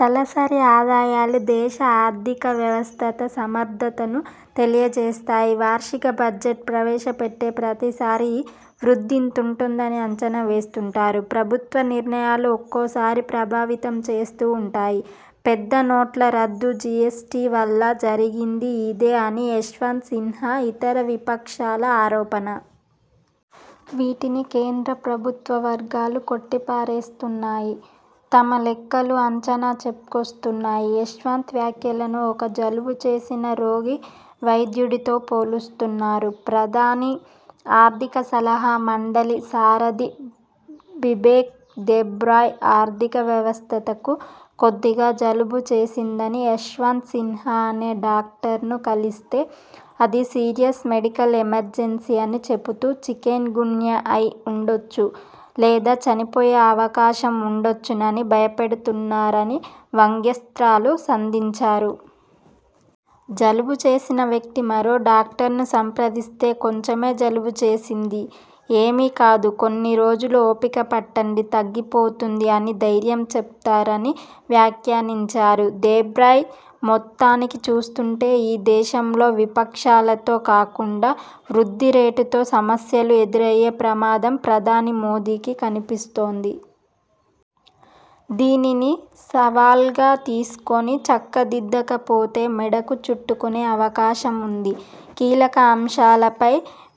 తలసరి ఆదాయాలు దేశ ఆర్థిక వ్యవస్థ సమర్థతను తెలియజేస్తాయి. వార్షిక బడ్జెట్ ప్రవేశ పెట్టే ప్రతీసారి వృద్ధి ఇంతుంటుందని అంచనా వేస్తుంటారు. ప్రభుత్వ నిర్ణయాలు ఒక్కోసారి ప్రభావితం చేస్తూ ఉంటాయి. పెద్ద నోట్ల రద్దు, జీఎస్టీవల్ల జరిగింది ఇదే అని యశ్వంత్ సిన్హా, ఇతర విపక్షాల ఆరోపణ. వీటిని కేంద్ర ప్రభుత్వ వర్గాలు కొట్టిపారేస్తున్నాయి. తమ లెక్కలు, అంచనాలు చెప్పుకొస్తున్నాయి. యశ్వంత్ వ్యాఖ్యలను ఒక జలుబు చేసిన రోగి, వైద్యుడితో పోలుస్తున్నారు ప్రధాని ఆర్థిక సలహా మండలి సారథి బిబేక్ దేబ్రాయ్. ఆర్థిక వ్యవస్థకు కొద్దిగా జలుబు చేసిందని యశ్వంత్ సిన్హా అనే డాక్టర్ను కలిస్తే అది సీరియస్ మెడికల్ ఎమర్జెన్సీ అని చెబుతూ, చికెన్ గున్యా అయి ఉండొచ్చు లేదా చనిపోయే అవకాశం ఉండవచ్చని భయపెడుతున్నారని వ్యంగ్యాస్త్రాలు సంధించారు. జలుబు చేసిన వ్యక్తి మరో డాక్టర్ను సంప్రదిస్తే కొంచమే జలుబు చేసింది ఏమీ కాదు కొన్ని రోజులు ఓపిక పట్టండి, తగ్గిపోతుంది అని ధైర్యం చెప్పారని వ్యాఖ్యానించారు దేబ్రాయ్. మొత్తానికి చూస్తుంటే ఈ దేశంలో విపక్షాలతో కాకుండా వృద్ధి రేటుతో సమస్యలు ఎదురయ్యే ప్రమాదం ప్రధాని మోదీకి కనిపిస్తోంది. దీనిని సవాల్గా తీసుకుని చక్కదిద్దకపోతే మెడకు చుట్టుకునే అవకాశం ఉంది. కీలక అంశాలపై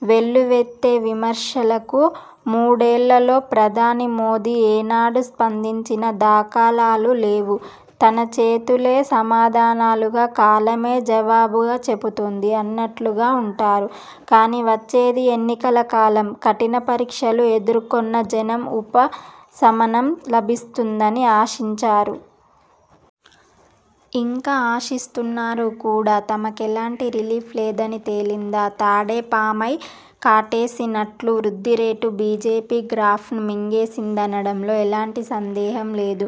వెల్లువెత్తే విమర్శలకు మూడేళ్లలో ప్రధాని మోదీ ఏనాడు స్పందించిన దాఖలాలు లేవు. తన చేతలే సమాధానాలుగా కాలమే జవాబు చెబుతుంది అన్నట్లుగా ఉంటారు. కానీ వచ్చేది ఎన్నికల కాలం. కఠిన పరీక్షలు ఎదుర్కున్న జనం ఉపసమనం లభిస్తుందని ఆశించారు. ఇంకా ఆశిస్తున్నారు కూడా. తమకెలాంటి రిలీఫ్ లేదని తేలిందా తాడే పామై కాటేసినట్లు వృద్ధిరేటు బీజేపీ గ్రాఫ్ను మింగేసిందనడంలో ఎలాంటి సందేహం లేదు.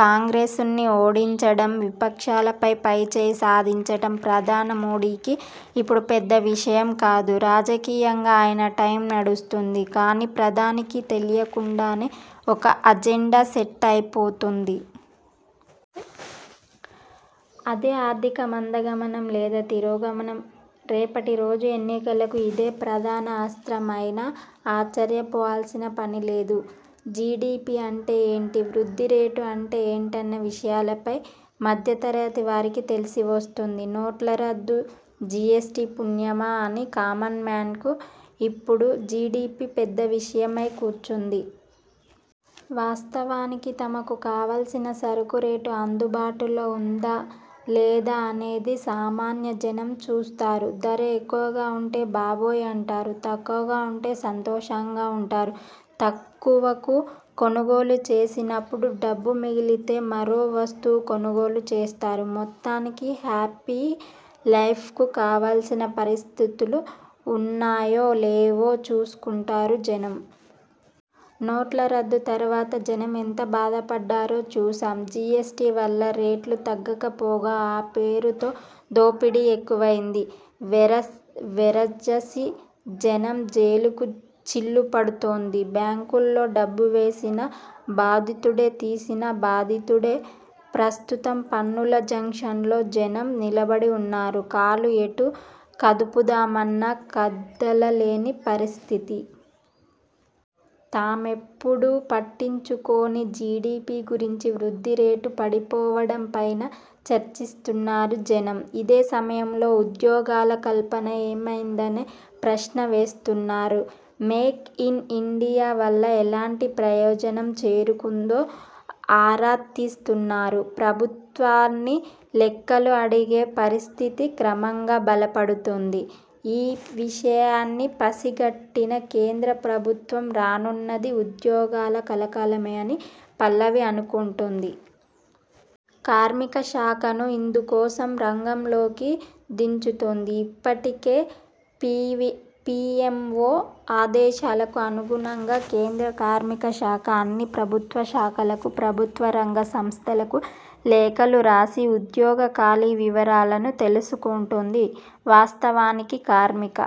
కాంగ్రెస్ను ఓడించడం విపక్షాలపై పైచేయి సాధించడం ప్రధాని మోదీకి ఇప్పుడు పెద్ద విషయం కాదు. రాజకీయంగా ఆయన టైం నడుస్తోంది. కానీ ప్రధానికి తెలియకుండానే ఒక అజెండా సెట్ అయిపోతోంది. అదే ఆర్థిక మందగమనం లేదా తిరోగమనం. రేపటి రోజు ఎన్నిలకు ఇదే ప్రధాన అస్త్రం అయినా ఆశ్చర్యపోవాల్సిన పనిలేదు. జీడీపీ అంటే ఏంటి? వృద్ధి రేటు అంటే ఏంటన్న విషయాలపై మధ్య తరగతి వారికీ తెలిసి వస్తోంది. నోట్లరద్దు, జీఎస్టీ పుణ్యామా అని కామన్ మాన్కు ఇప్పుడు జీడీపీ పెద్ద విషయమై కూర్చుంది. వాస్తవానికి తమకు కావాల్సిన సరుకు రేటు అందుబాటులో ఉందా లేదా అనేది సామాన్య జనం చూస్తారు. ధర ఎక్కువగా ఉంటే బాబోయ్ అంటారు. తక్కువగా ఉంటే సంతోషంగా ఉంటారు. తక్కువకు కొనుగోలు చేసినప్పుడు డబ్బు మిగిలితే మరో వస్తువు కొనుగోలు చేస్తారు. మొత్తానికి హ్యాపీ లైఫ్కు కావాల్సిన పరిస్థితులు ఉన్నాయో లేవో చూసుకుంటారు జనం. నోట్ల రద్దు తరువాత జనం ఎంత బాధపడ్డారో చూశాం. జీఎస్టీ వల్ల రేట్లు తగ్గకపోగా ఆ పేరుతో దోపిడీ ఎక్కువైంది. వెరసి జనం జేబుకు చిల్లుపడుతోంది. బ్యాంకులో డబ్బు వేసినా బాదుడేతీసినా బాదుడే. ప్రస్తుతం పన్నుల జంక్షన్లో జనం నిలబడి ఉన్నారు. కాలు ఎటు కదుపుదామన్నా కదలలేని పరిస్థితి. తామెప్పుడూ పట్టించుకోని జీడీపీ గురించి వృద్ధి రేటు పడిపోవడం పైనా చర్చిస్తున్నారు జనం. ఇదే సమయంలో ఉద్యోగాల కల్పన ఏమైందనే ప్రశ్న వేస్తున్నారు. మేక్ ఇన్ ఇండియా వల్ల ఎలాంటి ప్రయోజనం చేకూరిందో ఆరా తీస్తున్నారు. ప్రభుత్వాన్ని లెక్కలు అడిగే పరిస్థితి క్రమంగా బలపడుతోంది. ఈ విషయాన్ని పసిగట్టిన కేంద్ర ప్రభుత్వం రానున్నది ఉద్యోగాల కాలమనే పల్లవి అందుకుంటోంది. కార్మికశాఖను ఇందుకోసం రంగంలోకి దించుతోంది. ఇప్పటికే పీఎంవో ఆదేశాలకు అనుగుణంగా కేంద్ర కార్మికశాఖ అన్ని ప్రభుత్వ శాఖలకు ప్రభుత్వ రంగం సంస్థలకు లేఖలు రాసి ఉద్యోగ ఖాళీ వివరాలను తెలుసుకుంటోంది. వాస్తవానికి కార్మిక